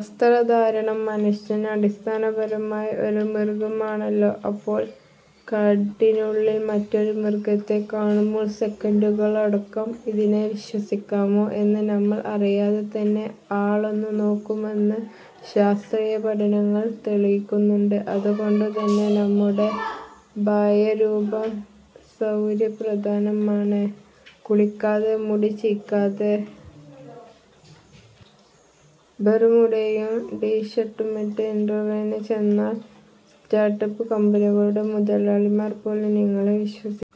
വസ്ത്രധാരണം:മനുഷ്യന് അടിസ്ഥാനപരമായി ഒരു മൃഗമാണല്ലോ. അപ്പോൾ കാടിനുള്ളില് മറ്റൊരു മൃഗത്തെ കാണുമ്പോള് സെക്കന്റുകള്ക്കകം 'ഇതിനെ വിശ്വസിക്കാമോ' എന്ന് നമ്മള് അറിയാതെ തന്നെ അളന്നു നോക്കുമെന്ന് ശാസ്ത്രീയപഠനങ്ങള് തെളിയിക്കുന്നുണ്ട്. അതുകൊണ്ടുതന്നെ നമ്മുടെ ബാഹ്യരൂപം സര്വപ്രധാനമാണ്. കുളിക്കാതെ, മുടി ചീകാതെ, ബര്മുഡയും ടീഷര്ട്ടുമിട്ട് ഇന്റര്വ്യൂവിന് ചെന്നാല് സ്റ്റാര്ട്ടപ്പ് കമ്പനികളുടെ മുതലാളിമാര് പോലും നിങ്ങളെ വിശ്വസിക്കില്ല.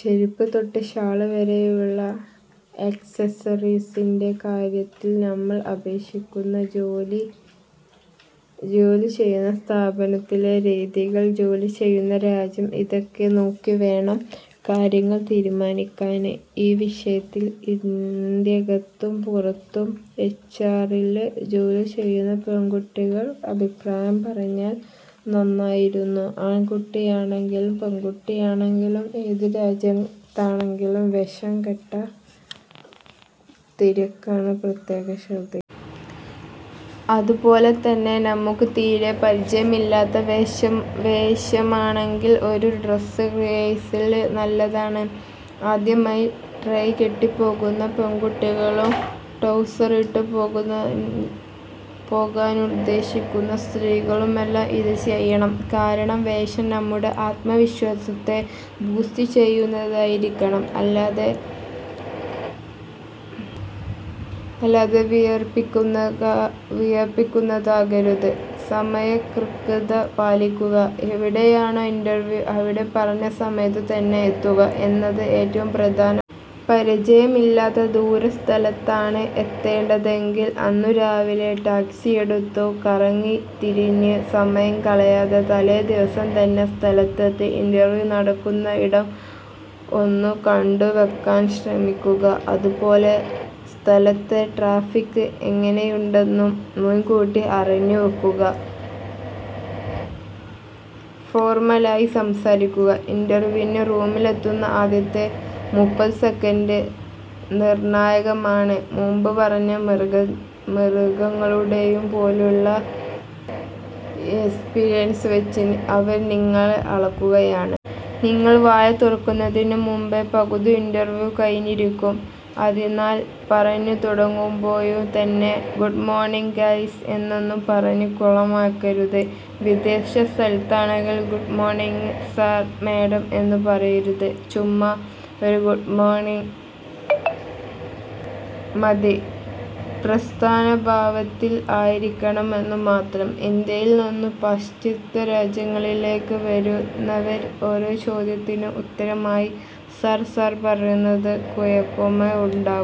ചെരിപ്പ് തൊട്ട് ഷാള് വരെയുള്ള ആക്സസസറീസിന്റെ കാര്യത്തിൽ നമ്മള് അപേക്ഷിക്കുന്ന ജോലി, ജോലി ചെയ്യുന്ന സ്ഥാപനത്തിലെ രീതികൾ ,ജോലി ചെയ്യുന്ന രാജ്യം ഇതൊക്കെ നോക്കിവേണം കാര്യങ്ങള് തീരുമാനിക്കാന്. ഈ വിഷയത്തില് ഇന്ത്യക്കകത്തും പുറത്തും എച്ച്ആറില് ജോലി ചെയ്യുന്ന പെണ്കുട്ടികള് അഭിപ്രായം പറഞ്ഞാൽ നന്നായിരുന്നു. ആണ്കുട്ടിയാണെങ്കിലും പെണ്കുട്ടിയാണെങ്കിലും ഏതു രാജ്യത്താണെങ്കിലും 'വേഷം കെട്ടാ'തിരിക്കാന് പ്രത്യേകം ശ്രദ്ധിക്കണം. അതുപോലെ തന്നെ നമുക്ക് തീരെ പരിചയമില്ലാത്ത വേഷമാണെങ്കില് ഒരു ഡ്രസ്സ് റിഹേഴ്സല് നല്ലതാണ്. ആദ്യമായി ടൈ കെട്ടിപ്പോകുന്ന ആണ്കുട്ടികളും ട്രൗസറിട്ട് പോകാനുദ്ദേശിക്കുന്ന സ്ത്രീകളുമെല്ലാം ഇത് ചെയ്യണം. കാരണം വേഷം നമ്മുടെ ആത്മവിശ്വാസത്തെ ബൂസ്റ്റ് ചെയ്യുന്നതായിരിക്കണം, അല്ലാതെ വിയര്പ്പിക്കുന്നതാകരുത്.. സമയകൃത്യത പാലിക്കുക:എവിടെയാണോ ഇന്റര്വ്യൂ അവിടെ പറഞ്ഞ സമയത്തു തന്നെ എത്തുക എന്നത് ഏറ്റവും പ്രധാന. പരിചയമില്ലാത്ത ദൂരസ്ഥലത്താണ് എത്തേണ്ടതെങ്കില് അന്നുരാവിലെ ടാക്സിയെടുത്ത് കറങ്ങിത്തിരിഞ്ഞ് സമയം കളയാതെ തലേദിവസം തന്നെ സ്ഥലത്തെത്തി ഇന്റര്വ്യൂ നടക്കുന്നയിടം ഒന്നു കണ്ടുവെക്കാൻ ശ്രമിക്കുക. അതുപോലെ സ്ഥലത്തെ ട്രാഫിക് എങ്ങനെയുണ്ടെന്നും മുൻകൂട്ടി അറിഞ്ഞുവെക്കുക.. ഫോർമലായി സംസാരിക്കുക:ഇന്റര്വ്യൂവിന് റൂമിലെത്തുന്ന ആദ്യത്തെ മുപ്പത് സെക്കന്റ് നിർണ്ണായകമാണ്. മുൻപ് പറഞ്ഞ മൃഗങ്ങളുടേതു പോലുള്ള ഇൻസ്റ്റിൻക്ട് വെച്ച് അവർ നിങ്ങളെ അളക്കുകയാണ്. നിങ്ങള് വായ തുറക്കുന്നതിനു മുന്പേ പകുതി ഇന്റര്വ്യൂ കഴിഞ്ഞിരിക്കും. അതിനാല് പറഞ്ഞുതുടങ്ങുമ്പോള് തന്നെ 'ഗുഡ്മോര്ണിംഗ് ഗയ്സ്' എന്നൊന്നും പറഞ്ഞ് കുളമാക്കരുത്. വിദേശത്താണെങ്കില് ഗുഡ്മോര്ണിംഗ് സാര്/ മാഡം എന്നും പറയരുത്. ചുമ്മാ ഒരു ഗുഡ്മോര്ണിംഗ് ്റ്റര്നൂണ് മതി, പ്രസന്നഭാവത്തില് ആയിരിക്കണമെന്നു മാത്രം. ഇന്ത്യയില് നിന്നും പാശ്ചാത്യ രാജ്യങ്ങളിലേക്ക് വരുന്നവര് ഓരോ ചോദ്യത്തിനും ഉത്തരമായി സർ സർ പറയുന്നത് കുഴപ്പമേ ഉണ്ട..